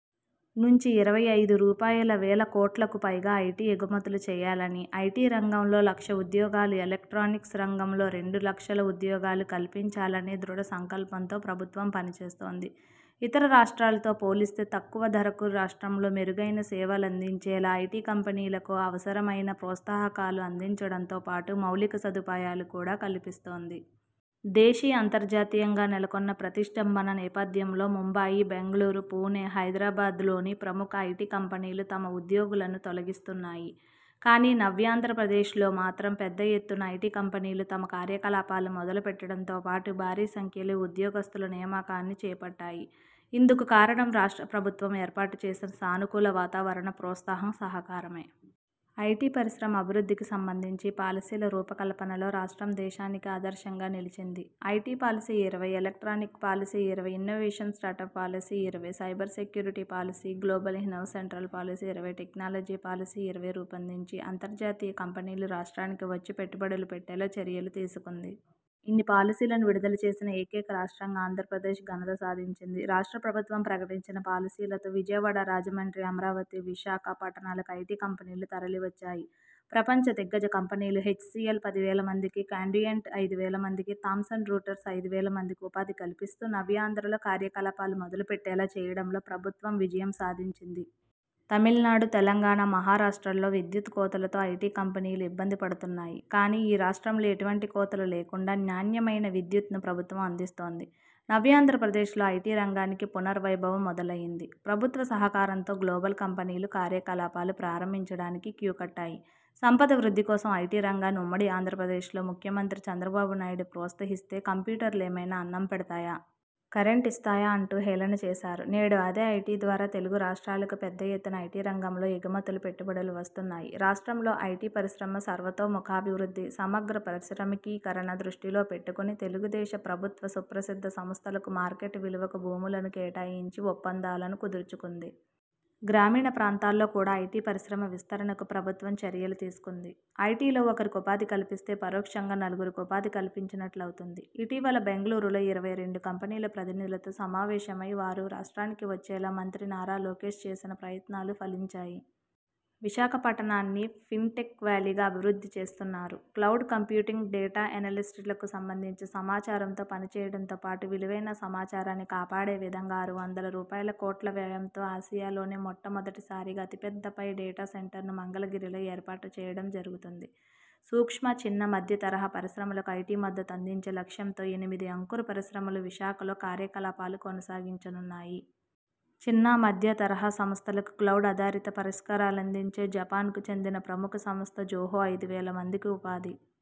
నుంచి ఇరవై ఐదు రూపాయలవేల కోట్లకు పైగా ఐటీ ఎగుమతులు చేయాలని, ఐటీ రంగంలో లక్ష ఉద్యోగాలు, ఎలక్ట్రానిక్స్ రంగంలో రెండు లక్షల ఉద్యోగాలు కల్పించాలనే దృఢ సంకల్పంతో ప్రభుత్వం పనిచేస్తోంది. ఇతర రాష్ట్రాలతో పోలిస్తే తక్కువ ధరకు రాష్ట్రంలో మెరుగైన సేవలందించేలా ఐటీ కంపెనీలకు అవసరమైన ప్రోస్తాహకాలు అందించడంతో పాటు మౌలిక సదుపాయాలు కూడా కల్పిస్తోంది. దేశీయ, అంతర్జాతీయంగా నెలకొన్న ప్రతిష్టంభన నేపథ్యంలో ముంబాయి, బెంగుళూరు, పూణె, హైదరాబాద్లోని ప్రముఖ ఐటీ కంపెనీలు తమ ఉద్యోగులను తొలగిస్తున్నాయి. కానీ నవ్యాంధ్రప్రదేశ్లో మాత్రం పెద్ద ఎత్తున ఐటీ కంపెనీలు తమ కార్యకలాపాలు మొదలుపెట్టడంతో పాటు భారీ సంఖ్యలో ఉద్యోగస్తుల నియామకాన్ని చేపట్టాయి. ఇందుకుకారణం రాష్ట్ర ప్రభుత్వం ఏర్పాటుచేసి సానుకూల వాతావరణం, ప్రోత్సాహం సహకారమే. ఐటీ పరిశ్రమ అభివృద్ధికి సంబంధించి పాలసీల రూపకల్పనలో రాష్ట్రం దేశానికే ఆదర్శంగా నిలిచింది. ఐటీ పాలసీ –ఇరవై, ఎలక్ట్రానిక్ పాలసీ –ఇరవై, ఇన్నోవేషన్ స్టార్టప్ పాలసీ –ఇరవై, cyber security policy, global in house central policy –ఇరవై, టెక్నాలజీ పాలసీ –ఇరవై రూపొందించి అంతర్జాతీయ కంపెనీలు రాష్ట్రానికి వచ్చి పెట్టుబడులు పెట్టేలా చర్యలు తీసుకుంది. ఇన్ని పాలసీలను విడుదల చేసిన ఏకైక రాష్ట్రంగా ఆంధ్రప్రదేశ్ ఘనత సాధించింది. రాష్ట్ర ప్రభుత్వం ప్రకటించిన పాలసీలతో విజయవాడ, రాజమండ్రి, అమరావతి, విశాఖ పట్టణాలకు ఐటీ కంపెనీలు తరలివచ్చాయి. ప్రపంచ దిగ్గజ కంపెనీలు హెచ్సీఎల్ పదివేల మందికి, కాండ్యుయంట్ ఐదువేల మందికి, థామ్సన్ రూటర్స్ ఐదువేల మందికి ఉపాధి కల్పిస్తూ నవ్యాంధ్రలో కార్యకలాపాలు మొదలుపెట్టేలా చేయడంలో ప్రభుత్వం విజయం సాధించింది. తమిళనాడు, తెలంగాణ, మహారాష్ట్రలలో విద్యుత్ కోతలతో ఐటీ కంపెనీలు ఇబ్బంది పడుతున్నాయి. కానీ ఈ రాష్ట్రంలో ఎటువంటి కోతలు లేకుండా నాణ్యమైన విద్యుత్ను ప్రభుత్వం అందిస్తోంది. నవ్యాంధ్రప్రదేశ్లో ఐటీ రంగానికి పునర్వైభవం మొదలైంది. ప్రభుత్వ సహకారంతో గ్లోబల్ కంపెనీలు కార్యకలాపాలు ప్రారంభించడానికి క్యూ కట్టాయి. సంపద వృద్ధి కోసం ఐటీ రంగాన్ని ఉమ్మడి ఆంధ్రప్రదేశ్లో ముఖ్యమంత్రి చంద్రబాబునాయుడు ప్రోత్సహిస్తే కంప్యూటర్లు ఏమైనా అన్నం పెడతాయా? కరెంటు ఇస్తాయా? అంటూ హేళన చేశారు. నేడు అదే ఐటీ ద్వారా తెలుగు రాష్ట్రాలకు పెద్ద ఎత్తున ఐటీ రంగంలో ఎగుమతులు, పెట్టుబడులు వస్తున్నాయి. రాష్ట్రంలో ఐటీ పరిశ్రమ సర్వతోముఖాభివృద్ధి, సమగ్ర పరిశ్రమికీకరణ దృష్టిలో పెట్టుకొని తెలుగుదేశం ప్రభుత్వ సుప్రసిద్ధ సంస్థలకు మార్కెట్ విలువకు భూములను కేటాయించి ఒప్పందాలను కుదుర్చుకుంది. గ్రామీణ ప్రాంతాల్లో కూడా ఐటీ పరిశ్రమ విస్తరణకు ప్రభుత్వం చర్యలు తీసుకుంది. ఐటీలో ఒకరికి ఉపాధి కల్పిస్తే పరోక్షంగా నలుగురికి ఉపాధి కల్పించినట్లు అవుతుంది. ఇటీవల బెంగుళూరులో ఇరవై రెండు కంపెనీల ప్రతినిధులతో సమావేశమై వారు రాష్ట్రానికి వచ్చేలా మంత్రి నారా లోకేశ్ చేసిన ప్రయత్నాలు ఫలించాయి. విశాఖపట్టణాన్ని ఫిన్టెక్ వ్యాలీగా అభివృద్ధి చేస్తున్నారు. క్లౌడ్ కంప్యూటింగ్, డేటా ఎనలిస్ట్లకు సంబంధించి సమాచారంతో పనిచేయడంతో పాటు విలువైన సమాచారాన్ని కాపాడే విధంగా ఆరు వందల రూపాయలుకోట్ల వ్యయంతో ఆసియాలోనే మొట్టమొదటిసారిగా అతి పెద్ద పై డేటా సెంటర్ను మంగళగిరిలో ఏర్పాటు చేయడం జరుగుతుంది. సూక్ష్మ, చిన్న, మధ్యతరహా పరిశ్రమలకు ఐటీ మద్దతు అందించే లక్ష్యంతో ఎనిమిది అంకుర పరిశ్రమలు విశాఖలో కార్యకలాపాలు కొనసాగించనున్నాయి. చిన్నా, మధ్య తరహా సంస్థలకు క్లౌడ్ ఆధారిత పరిష్కారాలందించే జపాన్కు చెందిన ప్రముఖ సంస్థ జోహో ఐదు వేల మందికి ఉపాధి